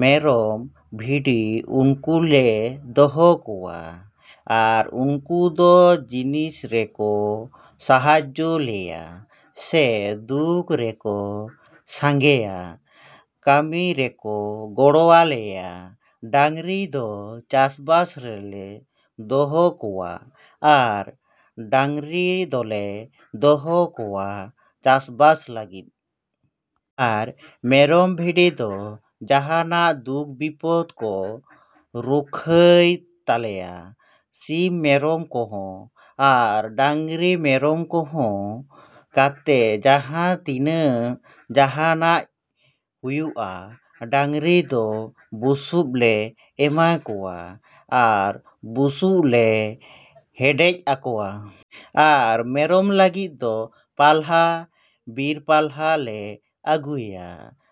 ᱢᱮᱨᱚᱢ, ᱵᱷᱤᱰᱤ ᱩᱱᱠᱩ ᱞᱮ ᱫᱚᱦᱚ ᱠᱚᱣᱟ᱾ ᱟᱨ ᱩᱱᱠᱩ ᱫᱚ ᱡᱤᱱᱤᱥ ᱨᱮᱠᱚ ᱥᱟᱦᱟᱡᱡᱳ ᱞᱮᱭᱟ ᱥᱮ ᱫᱩᱠ ᱨᱮᱠᱚ ᱥᱟᱸᱜᱮᱭᱟ, ᱠᱟᱹᱢᱤ ᱨᱮᱠᱚ ᱜᱚᱲᱚᱣᱟᱞᱮᱭᱟ᱾ ᱰᱟᱝᱨᱤ ᱫᱚ ᱪᱟᱥᱵᱟᱥ ᱨᱮᱞᱮ ᱫᱚᱦᱚ ᱠᱚᱣᱟ᱾ ᱟᱨ ᱰᱟᱝᱨᱤ ᱫᱚᱞᱮ ᱫᱚᱦᱚ ᱠᱚᱣᱟ ᱪᱟᱥᱵᱟᱥ ᱞᱟᱹᱜᱤᱫ᱾ ᱟᱨ ᱢᱮᱨᱚᱢ, ᱵᱷᱤᱰᱤ ᱫᱚ ᱡᱟᱸᱦᱟᱱᱟᱜ ᱫᱩᱠ ᱵᱤᱯᱚᱫ ᱠᱚ ᱨᱚᱠᱠᱷᱟᱭ ᱛᱟᱞᱮᱭᱟ, ᱥᱤᱢ ᱢᱮᱨᱚᱢ ᱠᱚᱦᱚᱸ᱾ ᱟᱨ ᱰᱟᱝᱨᱤ ᱢᱮᱨᱚᱢ ᱫᱚᱦᱚ ᱠᱟᱛᱮ ᱡᱟᱦᱟᱸ ᱛᱤᱱᱟᱹᱜ ᱡᱟᱸᱦᱟᱱᱟᱜ ᱦᱩᱭᱩᱜᱼᱟ, ᱰᱟᱝᱨᱤ ᱫᱚ ᱵᱩᱥᱩᱵ ᱞᱮ ᱮᱢᱟ ᱠᱚᱣᱟ, ᱟᱨ ᱞᱩᱵᱩᱜ ᱞᱮ ᱦᱮᱰᱮᱡ ᱟᱠᱚᱣᱟ᱾ ᱟᱨ ᱢᱮᱨᱚᱢ ᱞᱟᱹᱜᱤᱫ ᱫᱚ ᱯᱟᱞᱦᱟ, ᱵᱤᱨ ᱯᱟᱞᱦᱟ ᱞᱮ ᱟᱹᱜᱩᱭᱟ᱾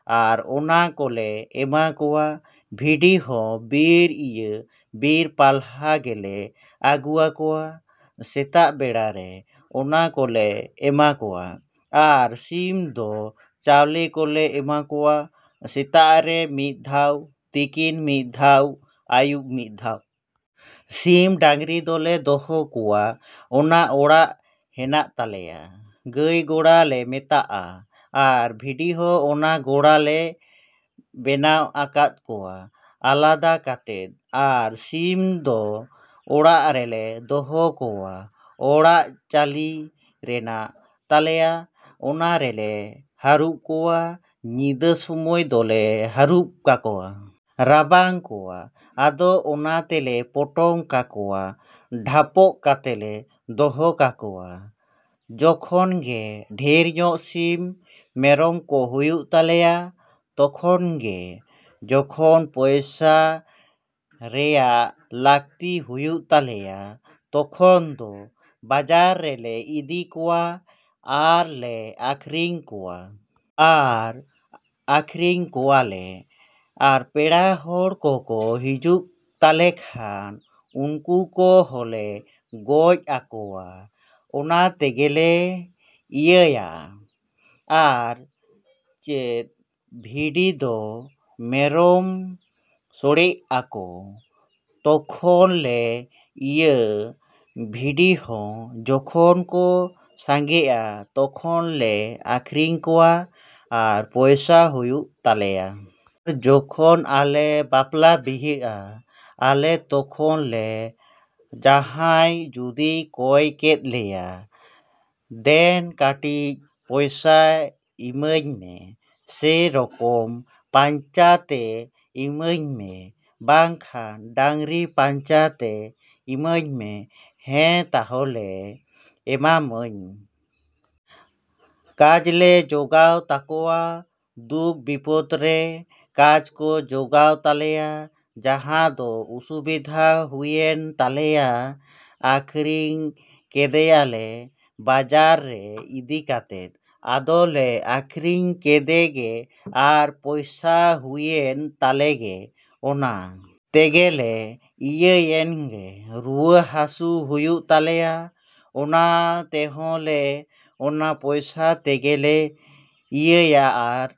ᱟᱨ ᱚᱱᱟ ᱠᱚᱞᱮ ᱮᱢᱟ ᱠᱚᱣᱟ, ᱵᱷᱤᱰᱤ ᱦᱚᱸ, ᱵᱤᱨ, ᱤᱭᱟᱹ ᱵᱤᱨ ᱯᱟᱞᱦᱟ ᱜᱮᱞᱮ ᱟᱹᱜᱩᱣᱟᱠᱚᱣᱟ ᱥᱮᱛᱟᱜ ᱵᱮᱲᱟ ᱨᱮ, ᱚᱱᱟ ᱠᱚᱞᱮ ᱮᱢᱟ ᱠᱚᱣᱟ᱾ ᱟᱨ ᱥᱤᱢ ᱫᱚ ᱪᱟᱣᱞᱮ ᱠᱚᱞᱮ ᱮᱢᱟ ᱠᱚᱣᱟ, ᱥᱮᱛᱟᱜ ᱨᱮ ᱢᱤᱫ ᱫᱷᱟᱣ, ᱛᱤᱠᱤᱱ ᱢᱤᱫ ᱫᱷᱟᱣ, ᱟᱹᱭᱩᱵ ᱢᱤᱫ ᱫᱷᱟᱣ᱾ ᱥᱤᱢ, ᱰᱟᱝᱨᱤ ᱫᱚᱞᱮ ᱫᱚᱦᱚ ᱠᱚᱣᱟ ᱚᱱᱟ ᱚᱲᱟᱜ ᱦᱮᱱᱟᱜ ᱛᱟᱞᱮᱭᱟ, ᱜᱟᱹᱭ ᱜᱚᱲᱟ ᱞᱮ ᱢᱮᱛᱟᱜᱼᱟ᱾ ᱟᱨ ᱵᱷᱤᱲᱤ ᱦᱚᱸ ᱚᱱᱟ ᱜᱚᱲᱟ ᱞᱮ ᱵᱮᱱᱟᱣ ᱟᱠᱟᱫ ᱠᱚᱣᱟ, ᱟᱞᱟᱫᱟ ᱠᱟᱛᱮᱫ᱾ ᱟᱨ ᱥᱤᱢ ᱫᱚ ᱚᱲᱟᱜ ᱨᱮᱞᱮ ᱫᱚᱦᱚ ᱠᱚᱣᱟ᱾ ᱚᱲᱟᱜ ᱪᱟᱹᱞᱤ ᱦᱮᱱᱟᱜ ᱛᱟᱞᱮᱭᱟ, ᱚᱱᱟ ᱨᱮᱞᱮ ᱦᱟᱹᱨᱩᱯ ᱠᱚᱣᱟ, ᱧᱤᱫᱟᱹ ᱥᱚᱢᱚᱭ ᱫᱚᱞᱮ ᱦᱟᱹᱨᱩᱯ ᱠᱟᱠᱚᱣᱟ᱾ ᱨᱟᱵᱟᱝ ᱠᱚᱣᱟ, ᱟᱫᱚ ᱚᱱᱟ ᱛᱮᱞᱮ ᱯᱚᱴᱚᱢ ᱠᱟᱠᱚᱣᱟ᱾ ᱰᱷᱟᱯᱚᱜ ᱠᱟᱛᱮᱞᱮ ᱫᱚᱦᱚ ᱠᱟᱠᱚᱣᱟ᱾ ᱡᱚᱠᱷᱚᱱ ᱜᱮ ᱰᱷᱮᱨ ᱧᱚᱜ ᱥᱤᱢ, ᱢᱮᱨᱚᱢ ᱠᱚ ᱦᱩᱭᱩᱜ ᱛᱟᱞᱮᱭᱟ᱾ ᱛᱚᱠᱷᱚᱱ ᱜᱮ, ᱡᱚᱠᱷᱚᱱ ᱯᱚᱭᱥᱟ ᱨᱮᱭᱟᱜ ᱞᱟᱹᱠᱛᱤ ᱦᱩᱭᱩᱜ ᱛᱟᱞᱮᱭᱟ, ᱛᱚᱠᱷᱚᱱ ᱫᱚ ᱵᱟᱡᱟᱨ ᱨᱮᱞᱮ ᱤᱫᱤ ᱠᱚᱣᱟ, ᱟᱨ ᱞᱮ ᱟᱹᱠᱷᱨᱤᱧ ᱠᱚᱣᱟ᱾ ᱟᱨ ᱟᱠᱷᱨᱤᱧ ᱠᱚᱣᱟ ᱞᱮ ᱟᱨ ᱯᱮᱲᱟ ᱦᱚᱲ ᱠᱚᱠᱚ ᱦᱤᱡᱩᱜ ᱛᱟᱞᱮ ᱠᱷᱟᱱ ᱩᱱᱠᱩ ᱠᱚ ᱦᱚᱸᱞᱮ ᱜᱚᱡ ᱟᱠᱚᱣᱟ᱾ ᱚᱱᱟ ᱛᱮᱜᱮᱞᱮ ᱤᱭᱟᱹᱭᱟ᱾ ᱟᱨ ᱪᱮᱫ ᱵᱷᱤᱰᱤ ᱫᱚ ᱢᱮᱨᱚᱢ ᱥᱚᱲᱮᱜ ᱟᱠᱚ, ᱛᱚᱠᱷᱚᱱ ᱞᱮ ᱤᱭᱟᱹ ᱵᱷᱤᱰᱤ ᱦᱚᱸ ᱡᱚᱠᱷᱚᱱ ᱠᱚ ᱥᱟᱸᱜᱮᱜᱼᱟ ᱛᱚᱠᱷᱚᱱ ᱞᱮ ᱟᱠᱷᱨᱤᱧ ᱠᱚᱣᱟ, ᱟᱨ ᱯᱚᱭᱥᱟ ᱦᱩᱭᱩᱜ ᱛᱟᱞᱮᱭᱟ᱾ ᱟᱨ ᱡᱚᱠᱷᱚᱱ ᱞᱮ ᱵᱟᱯᱞᱟ ᱵᱤᱦᱟᱹᱜᱼᱟ ᱟᱞᱮ ᱛᱚᱠᱷᱚᱱ ᱞᱮ ᱡᱟᱦᱟᱸᱭ ᱡᱩᱫᱤᱭ ᱠᱚᱭ ᱠᱮᱫ ᱞᱮᱭᱟ ᱫᱮᱱ ᱠᱟᱹᱴᱤᱡ ᱯᱚᱭᱥᱟ ᱤᱢᱟᱹᱧ ᱢᱮ᱾ ᱥᱮ ᱢᱮᱨᱚᱢ ᱯᱟᱧᱪᱟ ᱛᱮ ᱤᱢᱟᱹᱧ ᱢᱮ᱾ ᱵᱟᱝᱠᱷᱟᱱ ᱰᱟᱝᱨᱤ ᱯᱟᱧᱪᱟ ᱛᱮ ᱤᱢᱟᱹᱧ ᱢᱮ᱾ ᱦᱮᱸ ᱛᱟᱦᱞᱮ ᱮᱢᱟᱢᱟᱹᱧ᱾ ᱠᱟᱡ ᱞᱮ ᱡᱚᱜᱟᱣ ᱛᱟᱠᱚᱣᱟ᱾ ᱫᱩᱠ ᱵᱤᱯᱚᱫ ᱨᱮ ᱠᱟᱡ ᱠᱚ ᱡᱚᱜᱟᱣ ᱛᱟᱞᱮᱭᱟ, ᱡᱟᱦᱟᱸ ᱫᱚ ᱚᱥᱩᱵᱤᱫᱷᱟ ᱦᱩᱭᱮᱱ ᱛᱟᱞᱮᱭᱟ, ᱟᱠᱷᱨᱤᱧ ᱠᱮᱫᱮᱭᱟᱞᱮ ᱵᱟᱡᱟᱨ ᱨᱮ ᱤᱫᱤ ᱠᱟᱛᱮᱫ᱾ ᱟᱫᱚ ᱞᱮ ᱟᱠᱷᱨᱤᱧ ᱠᱮᱫᱮ ᱜᱮ ᱟᱨ ᱯᱚᱭᱥᱟ ᱦᱩᱭᱮᱱ ᱛᱟᱞᱮ ᱜᱮ, ᱚᱱᱟ ᱛᱮᱜᱮ ᱞᱮ ᱤᱭᱟᱹᱭᱮᱱ ᱜᱮ, ᱨᱩᱣᱟᱹ ᱦᱟᱥᱩ ᱦᱩᱭᱩᱜ ᱛᱟᱞᱮᱭᱟ, ᱚᱱᱟ ᱛᱮᱦᱚᱸ ᱞᱮ, ᱚᱱᱟ ᱯᱚᱭᱥᱟ ᱛᱮᱜᱮ ᱞᱮ ᱤᱭᱟᱹᱭᱟ ᱟᱨ